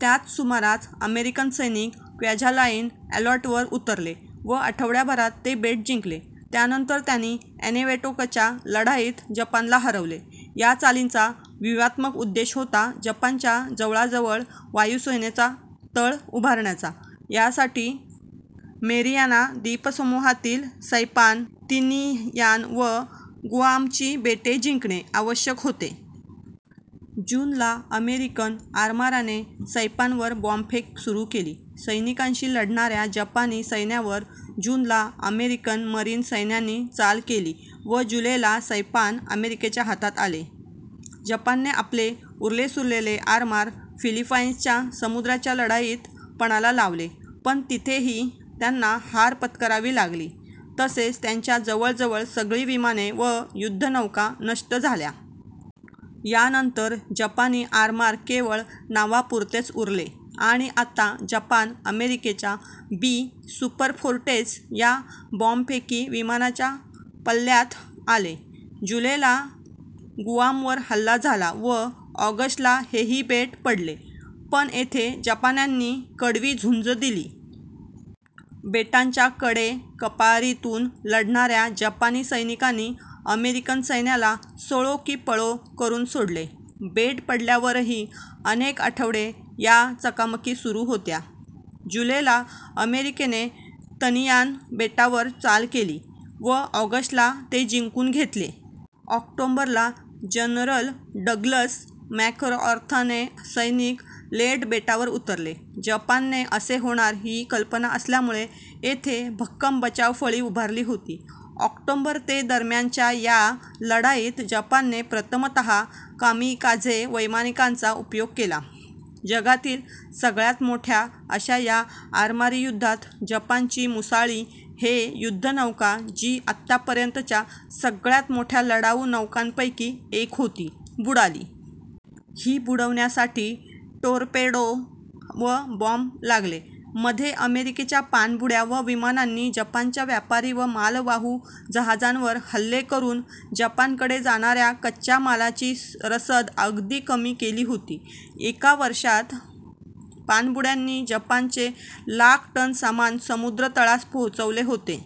त्याच सुमारास अमेरिकन सैनिक क्वाजालाइन एटॉलवर उतरले व आठवड्याभरात ते बेट जिंकले. त्यानंतर त्यांनी एनिवेटोकच्या लढाईत जपानला हरवले. या चालींचा व्यूहात्मक उद्देश होता जपानच्या जवळातजवळ वायुसेनेचा तळ उभारण्याचा. यासाठी मेरियाना द्वीपसमूहातील सैपान, तिनियान व गुआमची बेटे जिंकणे आवश्यक होते. जून ला अमेरिकन आरमाराने सैपानवर बॉम्बफेक सुरू केली. सैनिकांनीशी लढणाऱ्या जपानी सैन्यावर जून ला अमेरिकन मरीन सैनिकांनी चाल केली व जुलै ला सैपान अमेरिकेच्या हातात आले. जपानने आपले उरलेसुरले आरमार फिलिपाईन्सच्या समुद्राच्या लढाईत पणाला लावले पण तेथेही त्यांना हार पत्करावी लागली तसेच त्यांची जवळजवळ सगळी विमाने व युद्धनौका नष्ट झाल्या. यानंतर जपानी आरमार केवळ नावापुरतेच उरले आणि आता जपान अमेरिकेच्या बी. सुपरफोर्ट्रेस या बॉम्बफेकी विमानांच्या पल्ल्यात आले. जुलै ला गुआमवर हल्ला झाला व ऑगस्ट ला हेही बेट पडले पण येथे जपान्यांनी कडवी झुंज दिली. बेटाच्या कडे-कपारींतून लढणाऱ्या जपानी सैनिकांनी अमेरिकन सैन्याला सळो की पळो करून सोडले. बेट पडल्यावरही अनेक आठवडे या चकमकी सुरू होत्या. जुलै ला अमेरिकेने तिनियान बेटावर चाल केली व ऑगस्ट ला ते जिंकून घेतले. ऑक्टोबर ला जनरल डग्लस मॅकआर्थरचे सैनिक लेयटे बेटावर उतरले. जपानने असे होणार ही कल्पना असल्यामुळे येथे भक्कम बचावफळी उभारली होती. ऑक्टोबर ते दरम्यानच्या या लढाईत जपानने प्रथमतः कामिकाझे वैमानिकांचा उपयोग केला. जगातील सगळ्यात मोठ्या अशा या आरमारी युद्धात जपानची मुसाशी हे युद्धनौका, जी आत्तापर्यंतच्या सगळ्यात मोठ्या लढाऊ नौकांपैकी एक होती, बुडाली. ही बुडवण्यासाठी टोरपेडो व बॉम्ब लागले. मध्ये अमेरिकेच्या पाणबुड्या व विमानांनी जपानच्या व्यापारी व मालवाहू जहाजांवर हल्ले करून जपानकडे जाणाऱ्या कच्च्या मालाची रसद अगदी कमी केली होती. या एका वर्षात पाणबुड्यांनी जपानचे लाख टन सामान समुद्रतळास पोचवले होते.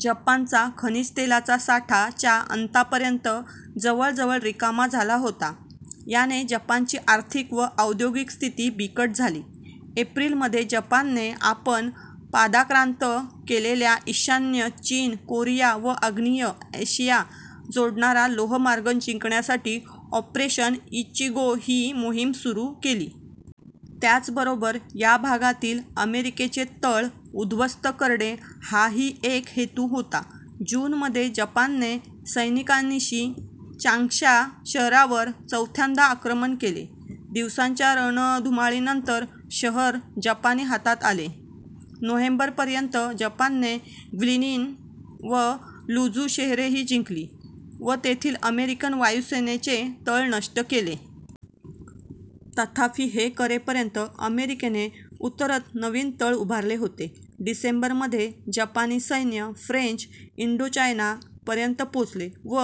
जपानचा खनिज तेलाचा साठा च्या अंतापर्यंत जवळजवळ रिकामा झाला होता. याने जपानची आर्थिक व औद्योगिक स्थिती बिकट झाली. एप्रिल मध्ये जपानने आपण पादाक्रांत केलेल्या ईशान्य चीन, कोरिया व आग्नेय एशियाला जोडणारा लोहमार्ग जिंकण्यासाठी ऑपरेशन इचिगो ही मोहीम सुरू केली. त्याचबरोबर या भागातील अमेरिकेचे तळ उद्ध्वस्त करणे हाही एक हेतु होता. जून मध्ये जपानने सैनिकांनिशी चांग्शा शहरावर चौथ्यांदा आक्रमण केले. दिवसांच्या रणधुमाळीनंतर शहर जपानी हातात आले. नोव्हेंबर पर्यंत जपानने ग्विलिन व ल्युझू शहरेही जिंकली व तेथील अमेरिकन वायुसेनेचे तळ नष्ट केले. तथापि हे करेपर्यंत अमेरिकेने उतरत्त नवीन तळ उभारले होते. डिसेंबर मध्ये जपानी सैन्य फ्रेंच इंडोचायना पर्यंत पोचले व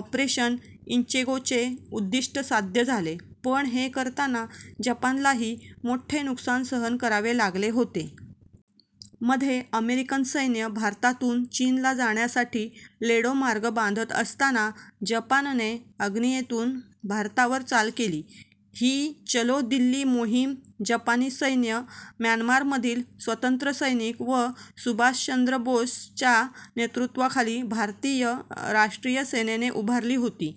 ऑपरेशन इचिगोचे उद्दिष्ट साध्य झाले पण हे करताना जपानलाही मोठे नुकसान सहन करावे लागले होते. मध्ये अमेरिकन सैन्य भारतातून चीनला जाण्यासाठीचा लेडो मार्ग बांधत असताना जपानने आग्नेयेतून भारतावर चाल केली. ही चलो दिल्ली मोहीम जपानी सैन्य, म्यानमारमधील स्वातंत्र्यसैनिक व सुभाषचंद्र बोसच्या नेतृत्वाखालील भारतीय राष्ट्रीय सेनेने उभारली होती.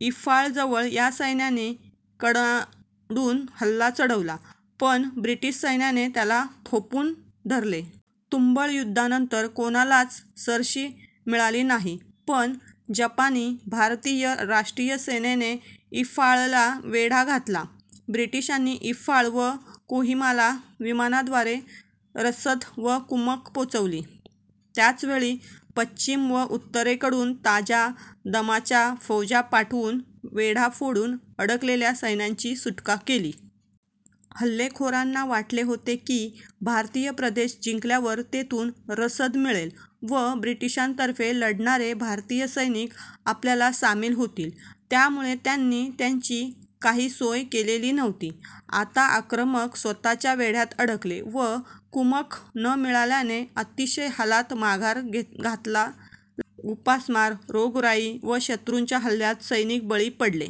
इंफालजवळ या सैन्याने कडाडून हल्ला चढवला पण ब्रिटिश सैन्याने त्यांना थोपवून धरले. तुंबळ युद्धानंतर कोणालाच सरशी मिळाली नाही पण जपानी/भारतीय राष्ट्रीय सेनेने इंफालला वेढा घातला. ब्रिटिशांनी इंफाल व कोहिमाला विमानाद्वारे रसद व कुमक पोचवली. त्याचवेळी पश्चिम व उत्तरेकडून ताज्या दमाच्या फौजा पाठवून वेढा फोडून अडकलेल्या सैन्याची सुटका केली. हल्लेखोरांना वाटले होते की भारतीय प्रदेश जिंकल्यावर तेथूनच रसद मिळेल व ब्रिटिशांतर्फे लढणारे भारतीय सैनिक आपल्याला सामील होतील, त्यामुळे त्यांनी त्याची काही सोय केलेली नव्हती. आता आक्रमक स्वतःच वेढ्यात अडकले व कुमक न मिळाल्याने अतिशय हालात माघार घ्यालला लागले. उपासमार, रोगराई व शत्रूच्या हल्ल्यांना सैनिक बळी पडले.